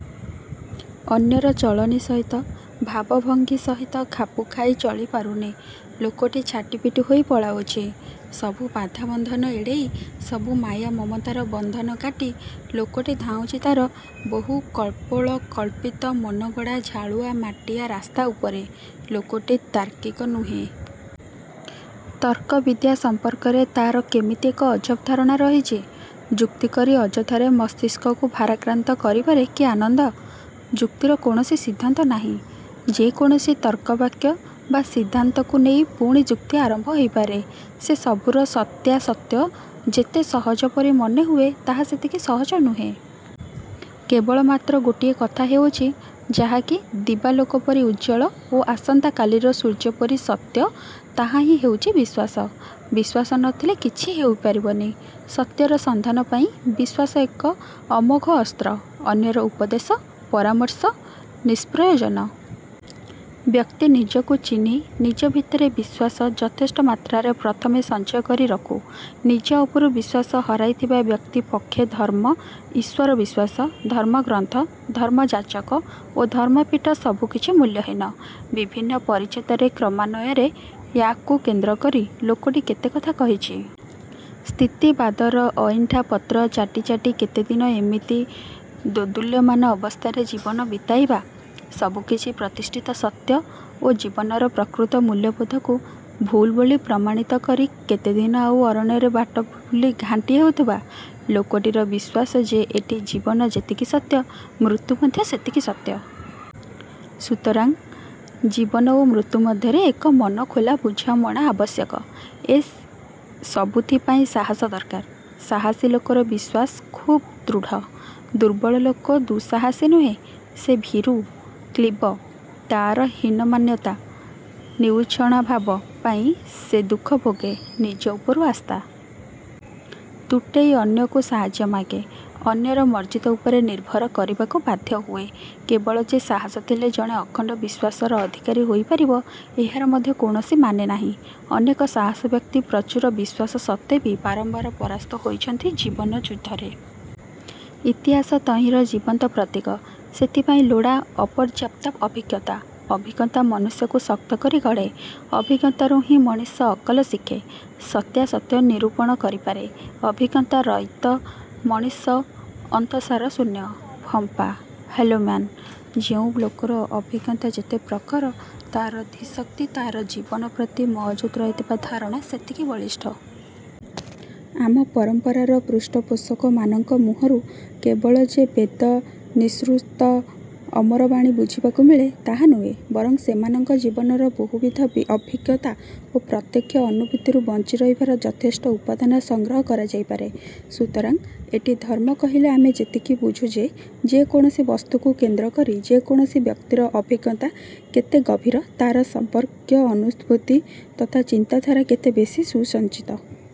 ଅନ୍ୟର ଚଳଣି ସହିତ, ଭାବଭଙ୍ଗୀ ସହିତ ଖାପ୍ଖୁଆଇ ଚଳି ପାରୁନି। ଲୋକଟି ଛାଟିପିଟି ହୋଇ ପଳାଉଛି। ସବୁ ବାଧା ବନ୍ଧନ ଏଡ଼େଇ ସବୁ ମାୟା ମମତାର ବନ୍ଧନ କାଟି ଲୋକଟି ଧାଉଁଛି ତା'ର ବହୁ କପୋଳକଳ୍ପିତ ମନଗଢ଼ା ଝାଳୁଆ ମାଟିଆ ରାସ୍ତା ଉପରେ। ଲୋକଟି ତାର୍କିକ ନୁହେଁ। ତର୍କ ବିଦ୍ୟା ସମ୍ପର୍କରେ ତା'ର କେମିତି ଏକ ଅଜବ ଧାରଣା ରହିଛି। ଯୁକ୍ତି କରି ଅଯଥାରେ ମସ୍ତିଷ୍କକୁ ଭାରାକ୍ରାନ୍ତ କରିବାରେ କି ଆନନ୍ଦ। ଯୁକ୍ତିର କୌଣସି ସିଦ୍ଧାନ୍ତ ନାହିଁ। ଯେ କୌଣସି ତର୍କବାକ୍ୟ ବା ସିଦ୍ଧାନ୍ତକୁ ନେଇ ପୁଣି ଯୁକ୍ତି ଆରମ୍ଭ ହୋଇପାରେ। ସେ ସବୁର ସତ୍ୟାସତ୍ୟ ଯେତେ ସହଜ ପରି ମନେହୁଏ ତାହା ସେତିକି ସହଜ ନୁହେଁ। କେବଳ ମାତ୍ର ଗୋଟିଏ କଥା ହେଉଛି, ଯାହାକି ଦିବାଲୋକ ପରି ଉଜ୍ଜ୍ୱଳ ଓ ଆସନ୍ତା କାଲିର ସୂର୍ଯ୍ୟପରି ସତ୍ୟ, ତାହାହିଁ ହେଉଛି ବିଶ୍ୱାସ। ବିଶ୍ୱାସ ନଥିଲେ କିଛି ହୋଇ ପାରିବନି। ସତ୍ୟର ସନ୍ଧାନ ପାଇଁ ବିଶ୍ୱାସ ଏକ ଅମୋଘ ଅସ୍ତ୍ର। ଅନ୍ୟର ଉପଦେଶ, ପରାମର୍ଶ, ନିଷ୍ପ୍ରୟୋଜନ। ବ୍ୟକ୍ତି ନିଜକୁ ଚିହ୍ନି ନିଜ ଭିତରେ ବିଶ୍ୱାସ ଯଥେଷ୍ଟ ମାତ୍ରାରେ ପ୍ରଥମେ ସଞ୍ଚୟ କରି ରଖୁ। ନିଜ ଉପରୁ ବିଶ୍ୱାସ ହରାଇଥିବା ବ୍ୟକ୍ତି ପକ୍ଷେ ଧର୍ମ, ଈଶ୍ୱର ବିଶ୍ୱାସ, ଧର୍ମଗ୍ରନ୍ଥ, ଧର୍ମଯାଜକ ଓ ଧର୍ମପୀଠ ସବୁକିଛି ମୂଲ୍ୟହୀନ। ବିଭିନ୍ନ ପରିଚ୍ଛେଦରେ କ୍ରମାନ୍ୱୟରେ ୟା'କୁଇ କେନ୍ଦ୍ରକରି ଲୋକଟି କେତେ କଥା କହିଛି। ସ୍ଥିତିବାଦର ଅଇଣ୍ଠା ପତ୍ର ଚାଟି ଚାଟି କେତେଦିନ ଏମିତି ଦୋଦୁଲ୍ୟମାନ ଅବସ୍ଥାରେ ଜୀବନ ବିତେଇବା? ସବୁକିଛି ପ୍ରତିଷ୍ଠିତ ସତ୍ୟ ଓ ଜୀବନର ପ୍ରକୃତ ମୂଲ୍ୟବୋଧକୁ 'ଭୁଲ୍' ବୋଲି ପ୍ରମାଣିତ କରି କେତେଦିନ ଆଉ ଅରଣ୍ୟରେ ବାଟ ଭୁଲି ଘାଣ୍ଟି ହେଉଥିବା? ଲୋକଟିରା ବିଶ୍ୱାସ ଯେ ଏଠି ଜୀବନ ଯେତିକି ସତ୍ୟ, ମୃତ୍ୟୁ ମଧ୍ୟ ସେତିକି ସତ୍ୟ। ସୁତରାଂ ଜୀବନ ଓ ମୃତ୍ୟୁ ମଧ୍ୟରେ ଏକ ମନଖୋଲା ବୁଝାମଣା ଆବଶ୍ୟକ। ଏ ସବୁଥିପାଇଁ ସାହସ ଦରକାର। ସାହସୀ ଲୋକର ବିଶ୍ୱାସ ଖୁବ୍ ଦୃଢ଼। ଦୁର୍ବଳ ଲୋକ ଦୁଃସାହସୀ ନୁହେଁ। ସେ ଭୀରୁ, କ୍ଳୀବ। ତା'ର ହୀନମନ୍ୟତା, ନିଉଛଣାଭାବ ପାଇଁ ସେ ଦୁଃଖ ଭୋଗେ। ନିଜ ଉପରୁ ଆସ୍ଥା। ତୁଟେଇ ଅନ୍ୟକୁ ସାହାଯ୍ୟ ମାଗେ। ଅନ୍ୟର ମର୍ଜି ଉପରେ ନିର୍ଭର କରିବାକୁ ବାଧ୍ୟ ହୁଏ। କେବଳ ଯେ ସାହାସ ଥିଲେ ଜଣେ ଅଖଣ୍ଡ ବିଶ୍ୱାସର ଅଧିକାରୀ ହୋଇପାରିବ ଏହାର ମଧ୍ୟ କୌଣସି ମାନେ ନାହିଁ। ଅନେକ ସାହସୀ ବ୍ୟକ୍ତି ପ୍ରଚୁର ବିଶ୍ୱାସ ସତ୍ତ୍ୱେ ବି ବାରମ୍ବାର ପରାସ୍ତ ହୋଇଛନ୍ତି ଜୀବନ ଯୁଦ୍ଧରେ। ଇତିହାସ ତହିଁର ଜୀବନ୍ତ ପ୍ରତୀକ। ସେଥିପାଇଁ ଲୋଡ଼ା ଅପର୍ଯ୍ୟାପ୍ତ ଅଭିଜ୍ଞତା। ଅଭିଜ୍ଞତା ମନୁଷ୍ୟକୁ ଶକ୍ତ କରି ଗଢ଼େ। ଅଭିଜ୍ଞତାରୁହିଁ ମଣିଷ ଅକଲ ଶିଖେ। ସତ୍ୟାସତ୍ୟ ନିରୂପଣ କରିପାରେ। ଅଭିଜ୍ଞତା ରହିତ ମଣିଷ ଅନ୍ତଃସାର ଶୂନ୍ୟ। ଫମ୍ପା! ହଲୋମ୍ୟାନ୍। ଯେଉଁ ଲୋକର ଅଭିଜ୍ଞତା ଯେତେ ପ୍ରଖର, ତା'ର ଧୀଶକ୍ତି, ତା'ର ଜୀବନପ୍ରତି ମହଜୁଦ ରହିଥିବା ଧାରଣା ସେତିକି ବଳିଷ୍ଠ। ଆମ ପରମ୍ପରାର ପୃଷ୍ଠପୋଷକମାନଙ୍କ ମୁହଁରୁ କେବଳ ଯେ ବେଦ ନିଃସୃତ ଅମରବାଣୀ ଶୁଣିବାକୁ ମିଳେ ତାହା ନୁହେଁ, ବରଂ ସେମାନଙ୍କ ଜୀବନର ବହୁବିଧ ଅଭିଜ୍ଞତା ଓ ପ୍ରତ୍ୟକ୍ଷ ଅନୁଭୂତିରୁ ବଞ୍ଚି ରହିବାର ଯଥେଷ୍ଟ ଉପାଦାନ ସଂଗ୍ରହ କରାଯାଇପାରେ। ସୁତରାଂ ଏଠି ଧର୍ମ କହିଲେ ଆମେ ଏତିକି ବୁଝୁ ଯେ, ଯେକୌଣସି ବସ୍ତୁକୁ କେନ୍ଦ୍ରକରି ଯେ କୌଣସି ବ୍ୟକ୍ତିର ଅଭିଜ୍ଞତା କେତେ ଗଭୀର ତା'ର ତତ୍ସମ୍ପର୍କୀୟ ଅନୁଭୂତି ତଥା ଚିନ୍ତାଧାରା କେତେ ବେଶୀ ସୁସଞ୍ଜତ।